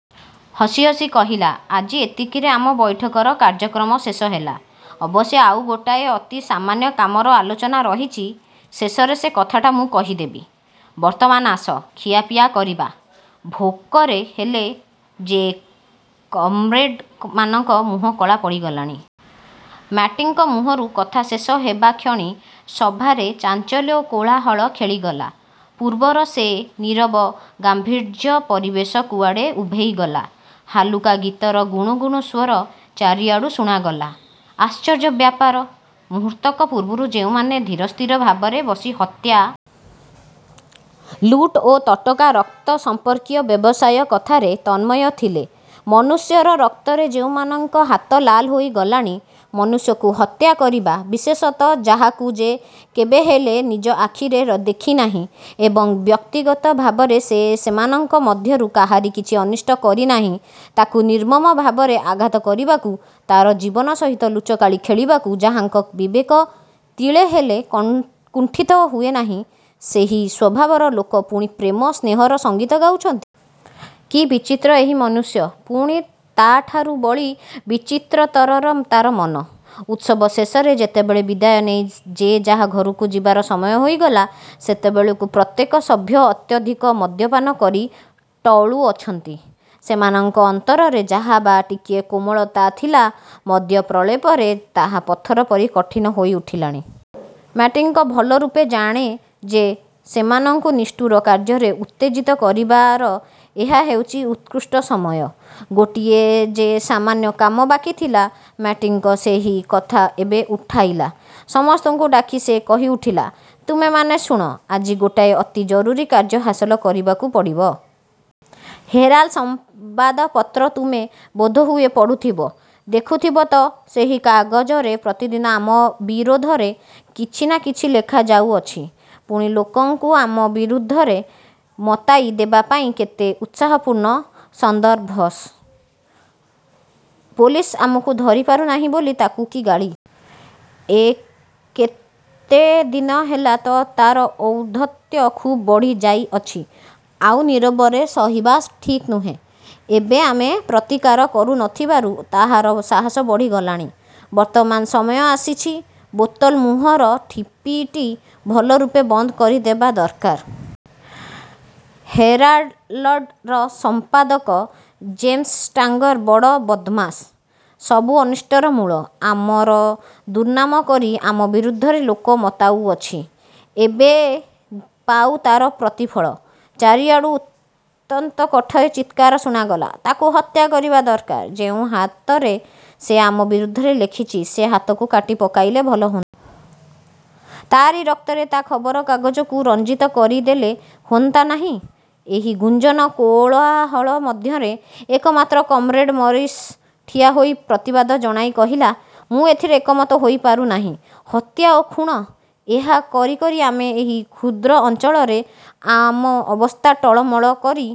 ହସିହସି କହିଲା, ''ଆଜି ଏତିକିରେ ଆମ ବୈଠକର କାର୍ଯ୍ୟକ୍ରମ ଶେଷ ହେଲା। ଅବଶ୍ୟ ଆଉ ଗୋଟାଏ ଅତି ସାମାନ୍ୟ କାମର ଆଲୋଚନା ରହିଛି। ଶେଷରେ ସେ କଥାଟା ମୁଁ କହିଦେବି। ବର୍ତ୍ତମାନ ଆସ, ଖିଆପିଆ କରିବା। ଭୋକରେ ହେଲେ ଯେ କମ୍ରେଡ଼ମାନଙ୍କ ମୁହଁ କଳା ପଡ଼ିଗଲାଣି। '' ମ୍ୟାକ୍ଜିଣ୍ଟି ମୁହଁରୁ କଥା ଶେଷ ହେବାକ୍ଷଣି ସଭାରେ ଚାଞ୍ଚଲ୍ୟ ଓ କୋଳାହଳ ଖେଳିଗଲା। ପୂର୍ବର ସେ ନୀରବ ଗାମ୍ଭୀର୍ଯ୍ୟ ପରିବେଶ କୁଆଡ଼େ ଉଭେଇଗଲା; ହାଲୁକା ଗୀତର ଗୁଣୁଗୁଣୁ ସ୍ୱର ଚାରିଆଡ଼ୁ ଶୁଣାଗଲା। ଆଶ୍ଚର୍ଯ୍ୟ ବ୍ୟାପାର! ମୁହୂର୍ତ୍ତକ ପୂର୍ବରୁ ଯେଉଁମାନେ ଧୀରସ୍ଥିର ଭାବରେ ବସି ହତ୍ୟା, ଲୁଟ ଓ ତଟକା ରକ୍ତ ସଂପର୍କୀୟ ବ୍ୟବସାୟ କଥାରେ ତନ୍ମୟ ଥିଲେ, ମନୁଷ୍ୟର ରକ୍ତରେ ଯେଉଁମାନଙ୍କ ହାତ ଲାଲ ହୋଇଗଲାଣି, ମନୁଷ୍ୟକୁ ହତ୍ୟା କରିବା-ବିଶେଷତଃ ଯାହାକୁ ଯେ କେବେହେଲେ ନିଜ ଆଖିରେ ଦେଖି ନାହିଁ ଏବଂ ବ୍ୟକ୍ତିଗତ ଭାବରେ ସେ ସେମାନଙ୍କ ମଧ୍ୟରୁ କାହାରି କିଛି ଅନିଷ୍ଟ କରି ନାହିଁ-ତାକୁ ନିର୍ମମ ଭାବରେ ଆଘାତ କରିବାକୁ, ତାର ଜୀବନ ସହିତ ଲୁଚକାଳି ଖେଳିବାକୁ ଯାହାଙ୍କ ବିବେକ ତିଳେହେଲେ କୁଣ୍ଠିତ ହୁଏ ନାହିଁ, ସେହି ସ୍ୱଭାବର ଲୋକ ପୁଣି ପ୍ରେମ, ସ୍ନେହର ସଙ୍ଗୀତ ଗାଉଛନ୍ତି! କି ବିଚିତ୍ର ଏହି ମନୁଷ୍ୟ, ପୁଣି ତାଠାରୁ ବଳି ବିଚିତ୍ରତର ତାର ମନ! ଉତ୍ସବ ଶେଷରେ ଯେତେବେଳେ ବିଦାୟ ନେଇ ଯେ ଯାହା ଘରକୁ ଯିବାର ସମୟ ହୋଇଗଲା, ସେତେବେଳକୁ ପ୍ରତ୍ୟେକ ସଭ୍ୟ ଅତ୍ୟଧିକ ମଦ୍ୟପାନ କରି ଟଳୁଅଛନ୍ତି। ସେମାନଙ୍କ ଅନ୍ତରରେ ଯାହା ବା ଟିକିଏ କୋମଳତା ଥିଲା, ମଦ୍ୟ ପ୍ରଲେପରେ ତାହା ପଥର ପରି କଠିନ ହୋଇ ଉଠିଲାଣି। ମ୍ୟାକ୍ଜିଣ୍ଟି ଭଲରୂପେ ଜାଣେ ଯେ ସେମାନଙ୍କୁ ନିଷ୍ଠୁର କାର୍ଯ୍ୟରେ ଉତ୍ତେଜିତ କରିବାର ଏହା ହେଉଛି ଉତ୍କୃଷ୍ଟ ସମୟ। ଗୋଟିଏ ଯେ ସାମାନ୍ୟ କାମ ବାକି ଥିଲା, ମ୍ୟାକ୍ଜିଣ୍ଟି ସେହି କଥା ଏବେ ଉଠାଇଲା। ସମସ୍ତଙ୍କୁ ଡାକି ସେ କହିଉଠିଲା, ''ତୁମେମାନେ ଶୁଣ, ଆଜି ଗୋଟାଏ ଅତି ଜରୁରୀ କାର୍ଯ୍ୟ ହାସଲ କରିବାକୁ ପଡ଼ିବ। 'ହେରାଲ୍' ସମ୍ବାଦପତ୍ର ତୁମେ ବୋଧହୁଏ ପଢ଼ୁଥିବ। ଦେଖୁଥିବ ତ, ସେହି କାଗଜରେ ପ୍ରତିଦିନ ଆମ ବିରୋଧରେ କିଛି ନା କିଛି ଲେଖାଯାଉଅଛି। ପୁଣି ଲୋକଙ୍କୁ ଆମ ବିରୁଦ୍ଧରେ ମତାଇ ଦେବା ପାଇଁ କେତେ ଉତ୍ସାହପୂର୍ଣ୍ଣ ସନ୍ଦର୍ଭ! ପୋଲିସ ଆମକୁ ଧରିପାରୁ ନାହିଁ ବୋଲି ତାକୁ କି ଗାଳି! ଏ କେତେ ଦିନ ହେଲା ତ ତାର ଔଦ୍ଧତ୍ୟ ଖୁବ୍ ବଢ଼ିଯାଇଅଛି। ଆଉ ନୀରବରେ ସହିବା ଠିକ୍ ନୁହେଁ। ଏବେ ଆମେ ପ୍ରତିକାର କରୁ ନ ଥିବାରୁ ତାହାର ସାହସ ବଢ଼ିଗଲାଣି। ବର୍ତ୍ତମାନ ସମୟ ଆସିଛି, ବୋତଲ ମୁହଁର ଠିପିଟି ଭଲରୂପେ ବନ୍ଦ କରିଦେବା ଦରକାର। 'ହେରାଲଡ଼'ର ସମ୍ପାଦକ ଜେମ୍ସ ଷ୍ଟାଙ୍ଗର ବଡ଼ ବଦ୍ମାସ, ସବୁ ଅନିଷ୍ଟର ମୂଳ। ଆମର ଦୁର୍ନାମକରି ଆମ ବିରୁଦ୍ଧରେ ଲୋକ ମତାଉଅଛି, ଏବେ ପାଉ ତାର ପ୍ରତିଫଳ। '' ଚାରିଆଡ଼ୁ ଉନ୍ମତ୍ତ କଣ୍ଠରେ ଚିତ୍କାର ଶୁଣାଗଲା, ''ତାକୁ ହତ୍ୟା କରିବା ଦରକାର। ଯେଉଁ ହାତରେ ସେ ଆମ ବିରୋଧରେ ଲେଖିଛି, ସେ ହାତକୁ କାଟିପକାଇଲେ ଭଲ ହୁଅନ୍ତା। ତାରି ରକ୍ତରେ ତା ଖବରକାଗଜକୁ ରଞ୍ଜିତ କରିଦେଲେ ହୁଅନ୍ତା ନାହିଁ? '' ଏହି ଗୁଞ୍ଜନ କୋଳାହଳ ମଧ୍ୟରେ ଏକମାତ୍ର କମ୍ରେଡ଼ ମରିସ୍ ଠିଆହୋଇ ପ୍ରତିବାଦ ଜଣାଇ କହିଲା, ''ମୁଁ ଏଥିରେ ଏକମତ ହୋଇପାରୁ ନାହିଁ। ହତ୍ୟା ଓ ଖୁଣ୍-ଏହା କରିକରି ଆମେ ଏହି କ୍ଷୁଦ୍ର ଅଞ୍ଚଳରେ ଆମ ଅବସ୍ଥା ଟଳମଟଳ କରି